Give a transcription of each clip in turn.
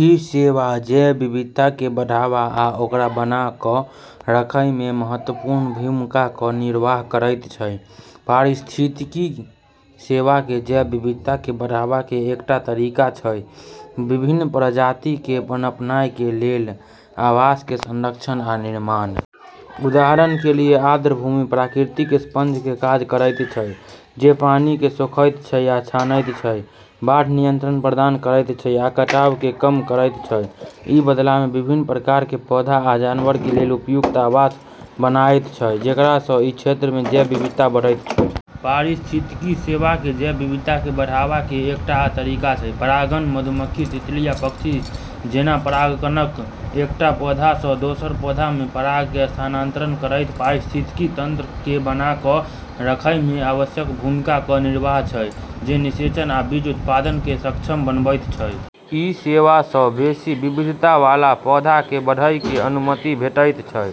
ई सेवा जैव विविधता के बढ़ावा आ ओकरा बना क' रखयमे महत्वपूर्ण भूमिकाक निर्वाह करैत छै। पारिस्थितिकी सेवा के जैव विविधता के बढ़ावा के एकटा तरीका छै विभिन्न प्रजाति के पनपनाय के लेल आवास के संरक्षण आ निर्माण। उदाहरण के लिए आर्द्रभूमि प्राकृतिक स्पंज के काज करैत छै, जे पानी के सोखैत आ छानैत छै, बाढ़ नियंत्रण प्रदान करैत छै, आ कटाव के कम करैत छै। ई बदला में विभिन्न प्रकार के पौधा आ जानवर के लेल उपयुक्त आवास बनायत छै, जेकरा सँ ई क्षेत्र में जैव विविधता बढ़ैत छै। पारिस्थितिकी सेवा के जैव विविधता के बढ़ावा के एकटा आ तरीका छै परागण। मधुमक्खी, तितली आ पक्षी जैना परागणक एकटा पौधा सँ दोसर पौधा में पराग के स्थानांतरण करैत पारिस्थितिकी तंत्र के बना क' रखयमे आवश्यक भूमिकाक निर्वाह छै, जे निषेचन आ बीज उत्पादन के सक्षम बनबैत छै। ई सेवा सँ बेसि विविधतावला पौधाके बढ़य के अनुमति भेटैत छै,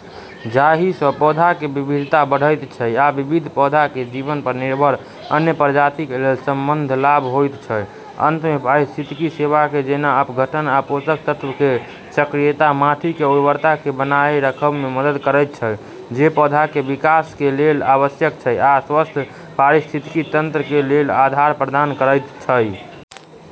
जाहिसँ पौधा के विविधता बढ़ैत छै आ विविध पौधा के जीवन पर निर्भर अन्य प्रजाति के लेल संबद्ध लाभ होइत छै। अंत में, पारिस्थितिकी सेवा के जेना अपघटन आ पोषक तत्व के चक्रीयता माटि के उर्वरता के बनाए रखब में मदद करैत छै, जे पौधा के विकास के लेल आवश्यक छै आ स्वस्थ पारिस्थितिकी तंत्र के लेल आधार प्रदान करैत छै।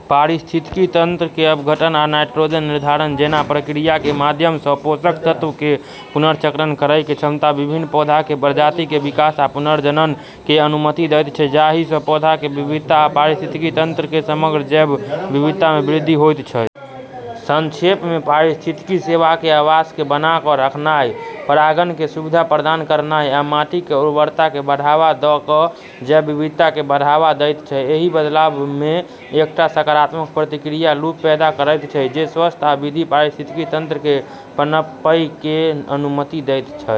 पारिस्थितिकी तंत्र के अपघटन आ नाइट्रोजन निर्धारण जैना प्रक्रिया के माध्यम सँ पोषक तत्व के पुनर्चक्रण करय के क्षमता विभिन्न पौधा के प्रजाति के विकास आ पुनर्जनन के अनुमति दैत छै, जाहिसँ पौधा के विविधता आ पारिस्थितिकी तंत्र के समग्र जैव विविधता में वृद्धि होइत छै। संक्षेप में, पारिस्थितिकी सेवा के आवास के बना क' रखनाय, परागण के सुविधा प्रदान कयनाय, आ माटि के उर्वरताकेँ बढ़ावा दऽ कऽ जैव विविधताकेँ बढ़ावा दैत छै। एहि बदलामे एकटा सकारात्मक प्रतिक्रिया लूप पैदा करैत छै, जे स्वस्थ आ विविध पारिस्थितिकी तंत्र के पनपयके अनुमति दैत छै।